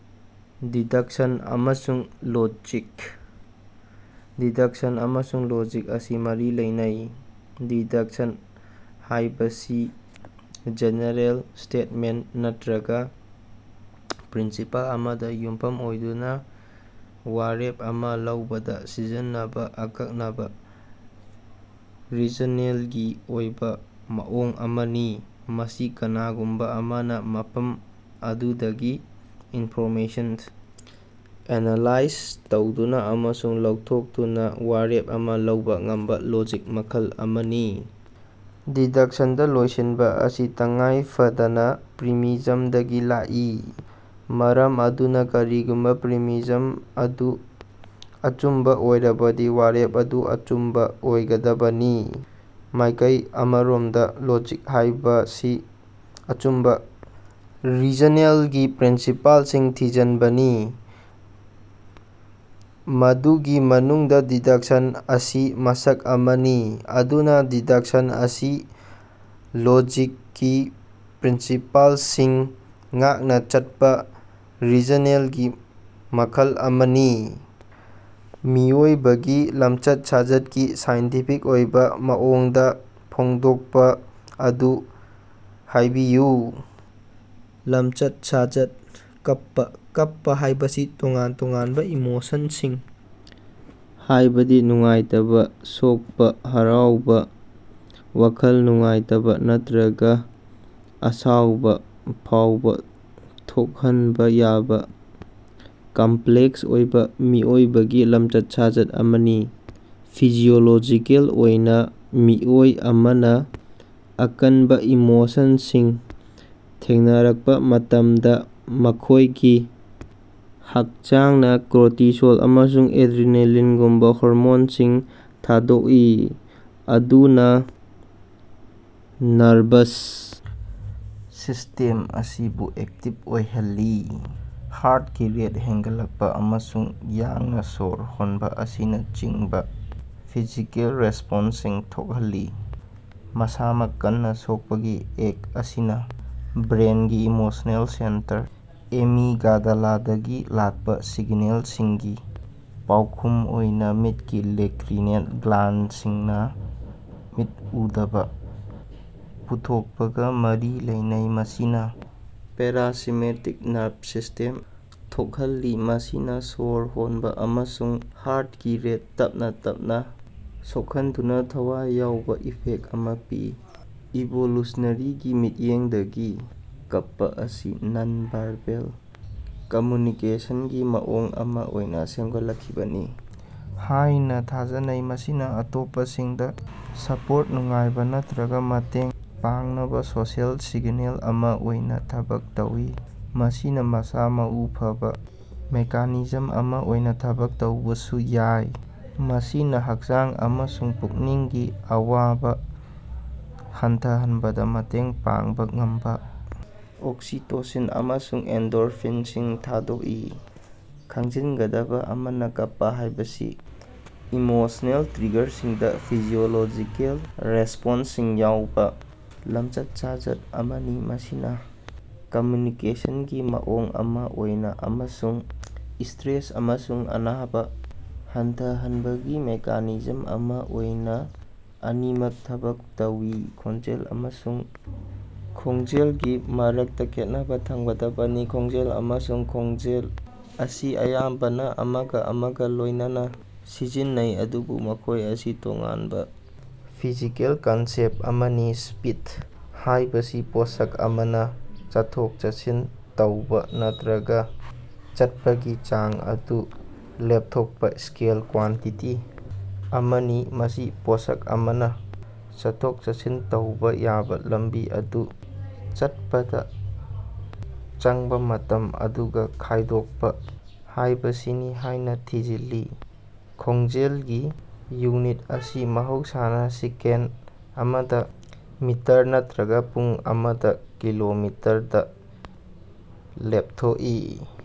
Deduction ꯑꯃꯁꯨꯡ logic. Deduction ꯑꯃꯁꯨꯡ logic ꯑꯁꯤ ꯃꯔꯤ ꯂꯩꯅꯩ꯫ ꯗꯤꯗꯛꯁꯟ ꯍꯥꯏꯕꯁꯤ ꯖꯦꯅꯦꯔꯦꯜ ꯁ꯭ꯇꯦꯠꯃꯦꯟꯇ ꯅꯠꯇ꯭ꯔꯒ ꯄ꯭ꯔꯤꯟꯁꯤꯄꯜ ꯑꯃꯗ ꯌꯨꯝꯐꯝ ꯑꯣꯏꯗꯨꯅ ꯋꯥꯔꯦꯞ ꯑꯃ ꯂꯧꯕꯗ ꯁꯤꯖꯤꯟꯅꯕ ꯑꯀꯛꯅꯕ ꯔꯤꯖꯅꯦꯜꯒꯤ ꯑꯣꯏꯕ ꯃꯑꯣꯡ ꯑꯃꯅꯤ꯫ ꯃꯁꯤ ꯀꯅꯥꯒꯨꯝꯕ ꯑꯃꯅ ꯃꯐꯝ ꯑꯗꯨꯗꯒꯤ ꯏꯟꯐꯣꯔꯃꯦꯁꯟ ꯑꯦꯅꯂꯥꯏꯖ ꯇꯧꯗꯨꯅ ꯑꯃꯁꯨꯡ ꯂꯧꯊꯣꯛꯇꯨꯅ ꯋꯥꯔꯦꯞ ꯑꯃ ꯂꯧꯕ ꯉꯝꯕ ꯂꯣꯖꯤꯛ ꯃꯈꯜ ꯑꯃꯅꯤ꯫ ꯗꯤꯗꯛꯁꯟꯗ ꯂꯣꯏꯁꯤꯟꯕ ꯑꯁꯤ ꯇꯉꯥꯏꯐꯗꯅ ꯄ꯭ꯔꯤꯃꯤꯖꯝꯗꯒꯤ ꯂꯥꯛꯏ, ꯃꯔꯝ ꯑꯗꯨꯅ ꯀꯔꯤꯒꯨꯝꯕ ꯄ꯭ꯔꯤꯃꯤꯖꯝ ꯑꯗꯨ ꯑꯆꯨꯝꯕ ꯑꯣꯏꯔꯕꯗꯤ ꯋꯥꯔꯦꯞ ꯑꯗꯨ ꯑꯆꯨꯝꯕ ꯑꯣꯏꯒꯗꯕꯅꯤ꯫ ꯃꯥꯏꯀꯩ ꯑꯃꯔꯣꯝꯗ ꯂꯣꯖꯤꯛ ꯍꯥꯏꯕꯁꯤ ꯑꯆꯨꯝꯕ ꯔꯤꯖꯅꯦꯜꯒꯤ ꯄ꯭ꯔꯤꯟꯁꯤꯄꯜꯁꯤꯡ ꯊꯤꯖꯤꯟꯕꯅꯤ, ꯃꯗꯨꯒꯤ ꯃꯅꯨꯡꯗ ꯗꯤꯗꯛꯁꯟ ꯑꯁꯤ ꯃꯁꯛ ꯑꯃꯅꯤ꯫ ꯑꯗꯨꯅ, ꯗꯤꯗꯛꯁꯟ ꯑꯁꯤ ꯂꯣꯖꯤꯛꯀꯤ ꯄ꯭ꯔꯤꯟꯁꯤꯄꯜꯁꯤꯡ ꯉꯥꯛꯅ ꯆꯠꯄ ꯔꯤꯖꯅꯦꯜꯒꯤ ꯃꯈꯜ ꯑꯃꯅꯤ꯫ ꯃꯤꯑꯣꯏꯕꯒꯤ ꯂꯝꯆꯠ-ꯁꯥꯖꯠꯀꯤ ꯁꯥꯏꯟꯇꯤꯐꯤꯛ ꯑꯣꯏꯕ ꯃꯑꯣꯡꯗ ꯐꯣꯡꯗꯣꯛꯄ ꯑꯗꯨ ꯍꯥꯏꯕꯤꯌꯨ꯫ ꯂꯝꯆꯠ-ꯁꯥꯖꯠ: ꯀꯞꯄ꯫ ꯀꯞꯄ ꯍꯥꯏꯕꯁꯤ ꯇꯣꯉꯥꯟ-ꯇꯣꯉꯥꯟꯕ ꯏꯃꯣꯁꯟꯁꯤꯡ ꯍꯥꯏꯕꯗꯤ ꯅꯨꯡꯉꯥꯏꯇꯕ, ꯁꯣꯛꯄ, ꯍꯔꯥꯎꯕ, ꯋꯥꯈꯜ ꯅꯨꯡꯉꯥꯏꯇꯕ ꯅꯠꯇ꯭ꯔꯒ ꯑꯁꯥꯎꯕ ꯐꯥꯎꯕ ꯊꯣꯛꯍꯟꯕ ꯌꯥꯕ ꯀꯝꯄ꯭ꯂꯦꯛꯁ ꯑꯣꯏꯕ ꯃꯤꯑꯣꯏꯕꯒꯤ ꯂꯝꯆꯠ-ꯁꯥꯖꯠ ꯑꯃꯅꯤ꯫ ꯐꯤꯖꯤꯑꯣꯂꯣꯖꯤꯀꯦꯜ ꯑꯣꯏꯅ, ꯃꯤꯑꯣꯏ ꯑꯃꯅ ꯑꯀꯟꯕ ꯏꯃꯣꯁꯟꯁꯤꯡ ꯊꯦꯡꯅꯔꯛꯄ ꯃꯇꯝꯗ, ꯃꯈꯣꯏꯒꯤ ꯍꯛꯆꯥꯡꯅ ꯀꯣꯔꯇꯤꯁꯣꯜ ꯑꯃꯁꯨꯡ ꯑꯦꯗ꯭ꯔꯤꯅꯥꯂꯤꯟꯒꯨꯝꯕ ꯍꯣꯔꯃꯣꯟꯁꯤꯡ ꯊꯥꯗꯣꯛꯏ, ꯑꯗꯨꯅ ꯅꯔꯚꯁ ꯁꯤꯁꯇꯦꯝ ꯑꯁꯤꯕꯨ ꯑꯦꯛꯇꯤꯚ ꯑꯣꯏꯍꯜꯂꯤ, ꯍꯥꯔꯇꯀꯤ ꯔꯦꯠ ꯍꯦꯟꯒꯠꯂꯛꯄ ꯑꯃꯁꯨꯡ ꯌꯥꯡꯅ ꯁꯣꯔ ꯍꯣꯟꯕ ꯑꯁꯤꯅꯆꯤꯡꯕ ꯐꯤꯖꯤꯀꯦꯜ ꯔꯦꯁꯄꯣꯟꯁꯁꯤꯡ ꯊꯣꯛꯍꯜꯂꯤ꯫ ꯃꯁꯥꯃꯛ ꯀꯟꯅ ꯁꯣꯛꯄꯒꯤ ꯑꯦꯛꯇ ꯑꯁꯤꯅ ꯕ꯭ꯔꯦꯟꯒꯤ ꯏꯃꯣꯁꯅꯦꯜ ꯁꯦꯟꯇꯔ, ꯑꯦꯃꯤꯒꯥꯒꯂꯥꯗꯒꯤ ꯂꯥꯛꯄ ꯁꯤꯒꯅꯦꯜꯁꯤꯡꯒꯤ ꯄꯥꯎꯈꯨꯝ ꯑꯣꯏꯅ ꯃꯤꯠꯀꯤ ꯂꯦꯀ꯭ꯔꯤꯃꯦꯜ ꯒ꯭ꯂꯥꯟꯗꯁꯤꯡꯅ ꯃꯤꯠ ꯎꯗꯕ ꯄꯨꯊꯣꯛꯄꯒ ꯃꯔꯤ ꯂꯩꯅꯩ, ꯃꯁꯤꯅ ꯄꯦꯔꯥꯁꯤꯝꯃꯦꯇꯤꯛ ꯅꯔꯚ ꯁꯤꯁ꯭ꯇꯦꯝ ꯊꯣꯛꯍꯜꯂꯤ, ꯃꯁꯤꯅ ꯁꯣꯔ ꯍꯣꯟꯕ ꯑꯃꯁꯨꯡ ꯍꯥꯔꯇꯀꯤ ꯔꯦꯠ ꯇꯞꯅ - ꯇꯞꯅ ꯁꯣꯛꯍꯟꯗꯨꯅ ꯊꯋꯥꯏ ꯌꯥꯎꯕ ꯏꯐꯦꯛꯇ ꯑꯃ ꯄꯤ꯫ ꯏꯚꯣꯂꯨꯁꯅꯦꯔꯤꯒꯤ ꯃꯤꯠꯌꯦꯡꯗꯒꯤ, ꯀꯞꯄ ꯑꯁꯤ ꯅꯟ-ꯚꯥꯔꯕꯦꯜ ꯀꯝꯃ꯭ꯌꯨꯅꯤꯀꯦꯁꯟꯒꯤ ꯃꯑꯣꯡ ꯑꯃ ꯑꯣꯏꯅ ꯁꯦꯝꯒꯠꯂꯛꯈꯤꯕꯅꯤ ꯍꯥꯏꯅ ꯊꯥꯖꯅꯩ, ꯃꯁꯤꯅ ꯑꯇꯣꯞꯄꯁꯤꯡꯗ ꯁꯄꯣꯔꯠ, ꯅꯨꯡꯉꯥꯏꯕ ꯅꯠꯇ꯭ꯔꯒ ꯃꯇꯦꯡ ꯄꯥꯡꯅꯕꯥ ꯁꯣꯁꯤꯑꯦꯜ ꯁꯤꯒꯅꯦꯜ ꯑꯃ ꯑꯣꯏꯅ ꯊꯕꯛ ꯇꯧꯏ꯫ ꯃꯁꯤꯅ ꯃꯁꯥ-ꯃꯎ ꯐꯕ ꯃꯦꯀꯥꯅꯤꯖꯝ ꯑꯃ ꯑꯣꯏꯅ ꯊꯕꯛ ꯇꯧꯕꯁꯨ ꯌꯥꯏ, ꯃꯁꯤꯅ ꯍꯛꯆꯥꯡ ꯑꯃꯁꯨꯡ ꯄꯨꯛꯅꯤꯡꯒꯤ ꯑꯋꯥꯕ ꯍꯟꯊꯍꯟꯕꯗ ꯃꯇꯦꯡ ꯄꯥꯡꯕ ꯉꯝꯕ ꯑꯣꯛꯁꯤꯇꯣꯁꯤꯟ ꯑꯃꯁꯨꯡ ꯑꯦꯟꯗꯣꯔꯐꯤꯟꯁꯤꯡ ꯊꯥꯗꯣꯛꯏ꯫ ꯈꯪꯖꯤꯟꯒꯗꯕ ꯑꯃꯅ, ꯀꯞꯄ ꯍꯥꯏꯕꯁꯤ ꯏꯃꯣꯁꯅꯦꯜ ꯇ꯭ꯔꯤꯒꯔꯁꯤꯡꯗ ꯐꯤꯖꯤꯑꯣꯂꯣꯖꯤꯀꯦꯜ ꯔꯦꯁꯄꯣꯟꯁꯁꯤꯡ ꯌꯥꯎꯕ ꯂꯝꯆꯠ-ꯁꯥꯖꯠ ꯑꯃꯅꯤ, ꯃꯁꯤꯅ ꯀꯝꯃ꯭ꯌꯨꯅꯤꯀꯦꯁꯟꯒꯤ ꯃꯑꯣꯡ ꯑꯃ ꯑꯣꯏꯅ ꯑꯃꯁꯨꯡ ꯁꯇ꯭ꯔꯦꯁ ꯑꯃꯁꯨꯡ ꯑꯅꯥꯕ ꯍꯟꯊꯍꯟꯅꯕꯒꯤ ꯃꯦꯀꯥꯅꯤꯖꯝ ꯑꯃ ꯑꯣꯏꯅ ꯑꯅꯤꯃꯛ ꯊꯕꯛ ꯇꯧꯏ꯫ ꯈꯣꯡꯖꯦꯜ ꯑꯃꯁꯨꯡ ꯈꯣꯡꯖꯦꯜꯒꯤ ꯃꯔꯛꯇ ꯈꯦꯠꯅꯕ ꯊꯝꯒꯗꯕꯅꯤ꯫ ꯈꯣꯡꯖꯦꯜ ꯑꯃꯁꯨꯡ ꯈꯣꯡꯖꯦꯜ ꯑꯁꯤ ꯑꯌꯥꯝꯕꯅ ꯑꯃꯒꯥ ꯑꯃꯒꯥ ꯂꯣꯏꯅꯅ ꯁꯤꯖꯤꯟꯅꯩ, ꯑꯗꯨꯕꯨ ꯃꯈꯣꯏ ꯑꯁꯤ ꯇꯣꯉꯥꯟꯕ ꯐꯤꯖꯤꯀꯦꯜ ꯀꯟꯁꯦꯞꯇ ꯑꯅꯤꯅꯤ꯫ ꯁ꯭ꯄꯤꯗ ꯍꯥꯏꯕꯁꯤ ꯄꯣꯠꯁꯛ ꯑꯃꯅ ꯆꯠꯊꯣꯛ-ꯆꯠꯁꯤꯟ ꯇꯧꯕ ꯅꯠꯇ꯭ꯔꯒ ꯆꯠꯄꯒꯤ ꯆꯥꯡ ꯑꯗꯨ ꯂꯦꯞꯊꯣꯛꯄ ꯁ꯭ꯀꯦꯜ ꯀ꯭ꯋꯥꯟꯇꯤꯇꯤ ꯑꯃꯅꯤ꯫ ꯃꯁꯤ ꯄꯣꯠꯁꯛ ꯑꯃꯅ ꯆꯠꯊꯣꯛ-ꯆꯠꯁꯤꯟ ꯇꯧꯕ ꯌꯥꯕ ꯂꯝꯕꯤ ꯑꯗꯨ ꯆꯠꯄꯗ ꯆꯪꯕ ꯃꯇꯝ ꯑꯗꯨꯒ ꯈꯥꯏꯗꯣꯛꯄ ꯍꯥꯏꯕꯁꯤꯅꯤ ꯍꯥꯏꯅ ꯊꯤꯖꯤꯜꯂꯤ꯫ ꯈꯣꯡꯖꯦꯜꯒꯤ ꯌꯨꯅꯤꯠ ꯑꯁꯤ ꯃꯍꯧꯁꯥꯅ ꯁꯦꯀꯦꯟꯗ ꯑꯃꯗ ꯃꯤꯇꯔ ꯅꯠꯇ꯭ꯔꯒ ꯄꯨꯡ ꯑꯃꯗꯥ ꯀꯤꯂꯣꯃꯤꯇꯔ ꯗ ꯂꯦꯞꯊꯣꯛꯏ꯫